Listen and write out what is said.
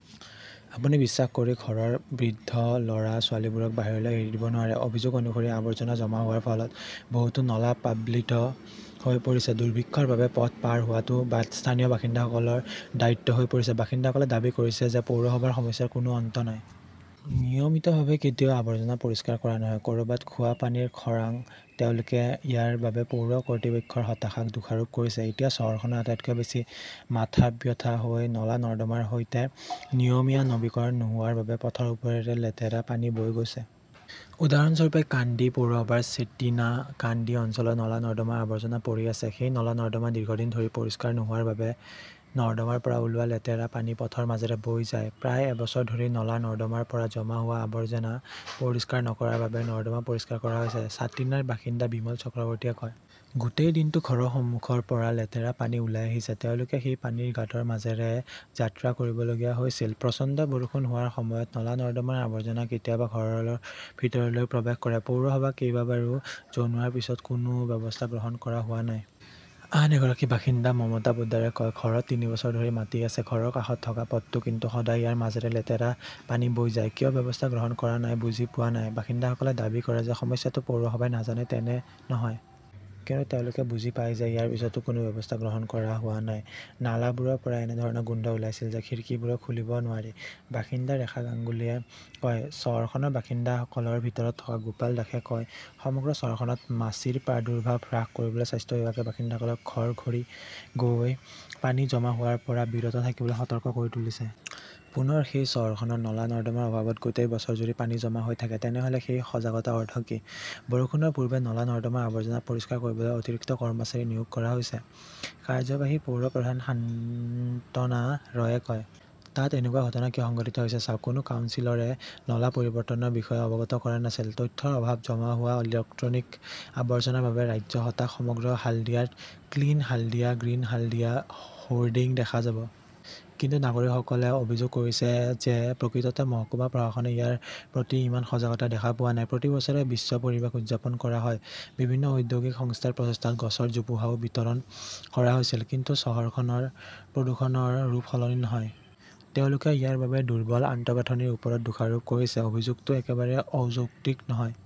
আপুনি বিশ্বাস কৰি ঘৰৰ বৃদ্ধ-ল "ৰা-ছোৱালীবোৰক বাহিৰলৈ এৰি দিব নোৱাৰে। অভিযোগ অনুসৰি, আৱৰ্জনা জমা হোৱাৰ ফলত বহুতো নলা প্লাবিত হৈ পৰিছে। দুৰ্ভিক্ষৰ বাবে পথ পাৰ হোৱাটো স্থানীয় বাসিন্দাসকলৰ দায়িত্ব হৈ পৰিছে। বাসিন্দাসকলে দাবী কৰিছে যে পৌৰসভাৰ সমস্যাৰ কোনো অন্ত নাই। নিয়মিতভাৱে কেতিয়াও আৱৰ্জনা পৰিষ্কাৰ কৰা নহয়। ক'ৰবাত খোৱা পানীৰ খৰাং। তেওঁলোকে ইয়াৰ বাবে পৌৰ কৰ্তৃপক্ষৰ হতাশাক দোষাৰোপ কৰিছে। এতিয়া চহৰখনৰ আটাইতকৈ বেছি মাথাব্যথা হৈছে নলা-নৰ্দমাৰ সৈতে। নিয়মীয়া নৱীকৰণ নোহোৱাৰ বাবে পথৰ ওপৰেৰে লেতেৰা পানী বৈ গৈছে। উদাহৰণস্বৰূপে, কান্দি পৌৰসভাৰ চেটিনা-কান্দি অঞ্চলত নলা-নৰ্দমাৰ আৱৰ্জনা পৰি আছে। সেই নলা-নৰ্দমা দীৰ্ঘদিন ধৰি পৰিষ্কাৰ নোহোৱাৰ বাবেই নৰ্দমাৰ পৰা ওলোৱা লেতেৰা পানী পথৰ মাজেৰে বৈ যায়। প্ৰায় এবছৰ ধৰি নলা-নৰ্দমাৰ পৰা জমা হোৱা আৱৰ্জনা পৰিষ্কাৰ নকৰাৰ বাবেই নৰ্দমা পৰিষ্কাৰ কৰা হৈছে, ছাতিনাৰ বাসিন্দা বিমল চক্ৰৱৰ্তীয়ে কয়। গোটেই দিনটো ঘৰৰ সন্মুখৰ পৰা লেতেৰা পানী ওলাই আহিছে। তেওঁলোকে সেই পানীৰ গাঁতৰ মাজেৰে যাত্ৰা কৰিবলগীয়া হৈছিল। প্ৰচণ্ড বৰষুণ হোৱাৰ সময়ত নলা-নৰ্দমাৰ আৱৰ্জনা কেতিয়াবা ঘৰৰ ভিতৰলৈও প্ৰৱেশ কৰে। পৌৰসভাক কেইবাবাৰো জনোৱাৰ পিছতো কোনো ব্যৱস্থা গ্ৰহণ কৰা হোৱা নাই। আন এগৰাকী বাসিন্দা মমতা পোদ্দাৰে কয়, ঘৰত তিনি বছৰ ধৰি মাতি আছে। ঘৰৰ কাষত থকা পথটো কিন্তু সদায় ইয়াৰ মাজেৰে লেতেৰা পানী বৈ যায়। কিয় ব্যৱস্থা গ্ৰহণ কৰা নাই বুজি পোৱা নাই। বাসিন্দাসকলে দাবী কৰে যে ,সমস্যাটো পৌৰসভাই নাজানে তেনে নহয়। কিন্তু তেওঁলোকে বুজি পায় যে ইয়াৰ পিছতো কোনো ব্যৱস্থা গ্ৰহণ কৰা হোৱা নাই। নালাবোৰৰ পৰা এনে ধৰণৰ গোন্ধ ওলাইছিল যে খিৰিকীবোৰ খুলিব নোৱাৰি, বাসিন্দা ৰেখা গাংগুলীয়ে কয়। চহৰখনৰ বাসিন্দাসকলৰ ভিতৰত থকা গোপাল দাসে কয়, সমগ্ৰ চহৰখনত মাছিৰ প্ৰাদুৰ্ভাৱ হ্ৰাস কৰিবলৈ স্বাস্থ্য বিভাগে বাসিন্দাসকলক ঘৰ-ঘৰি গৈ পানী জমা হোৱাৰ পৰা বিৰত থাকিবলৈ সতৰ্ক কৰি তুলিছে। পুনৰ সেই চহৰখনৰ নলা-নৰ্দমাৰ অভাৱত গোটেই বছৰজুৰি পানী জমা হৈ থাকে। তেনেহ'লে সেই সজাগতাৰ অৰ্থ কি? বৰষুণৰ পূৰ্বে নলা-নৰ্দমাৰ আৱৰ্জনা পৰিষ্কাৰ কৰিবলৈ অতিৰিক্ত কৰ্মচাৰী নিয়োগ কৰা হৈছে, কাৰ্যবাহী পৌৰ প্ৰধান সান্ত্বনা ৰয়ে কয়। তাত এনেকুৱা ঘটনা কিয় সংঘটিত হৈছে চাওক। কোনো কাউন্সিলৰে নলা পৰিৱৰ্তনৰ বিষয়ে অৱগত কৰা নাছিল। । তথ্যৰ অভাৱ, জমা হোৱা ইলেক্ট্ৰনিক আৱৰ্জনাৰ বাবে ৰাজ্য হতাশ সমগ্ৰ হাল্ডিয়াত 'clean Haldia, green Haldia "hoarding দেখা যাব। কিন্তু নাগৰিকসকলে অভিযোগ কৰিছে যে প্ৰকৃততে মহকুমা প্ৰশাসনে ইয়াৰ প্ৰতি ইমান সজাগতা দেখা পোৱা নাই। প্ৰতি বছৰে বিশ্ব পৰিৱেশ উদযাপন কৰা হয়। বিভিন্ন ঔদ্যোগিক সংস্থাৰ প্ৰচেষ্টাত গছৰ জোপোহাও বিতৰণ কৰা হৈছিল। কিন্তু চহৰখনৰ প্ৰদূষণৰ ৰূপ সলনি নহয়। তেওঁলোকে ইয়াৰ বাবে দুৰ্বল আন্তঃগাঁথনিৰ ওপৰত দোষাৰোপ কৰিছে। অভিযোগটো একেবাৰে অযৌক্তিক নহয় ।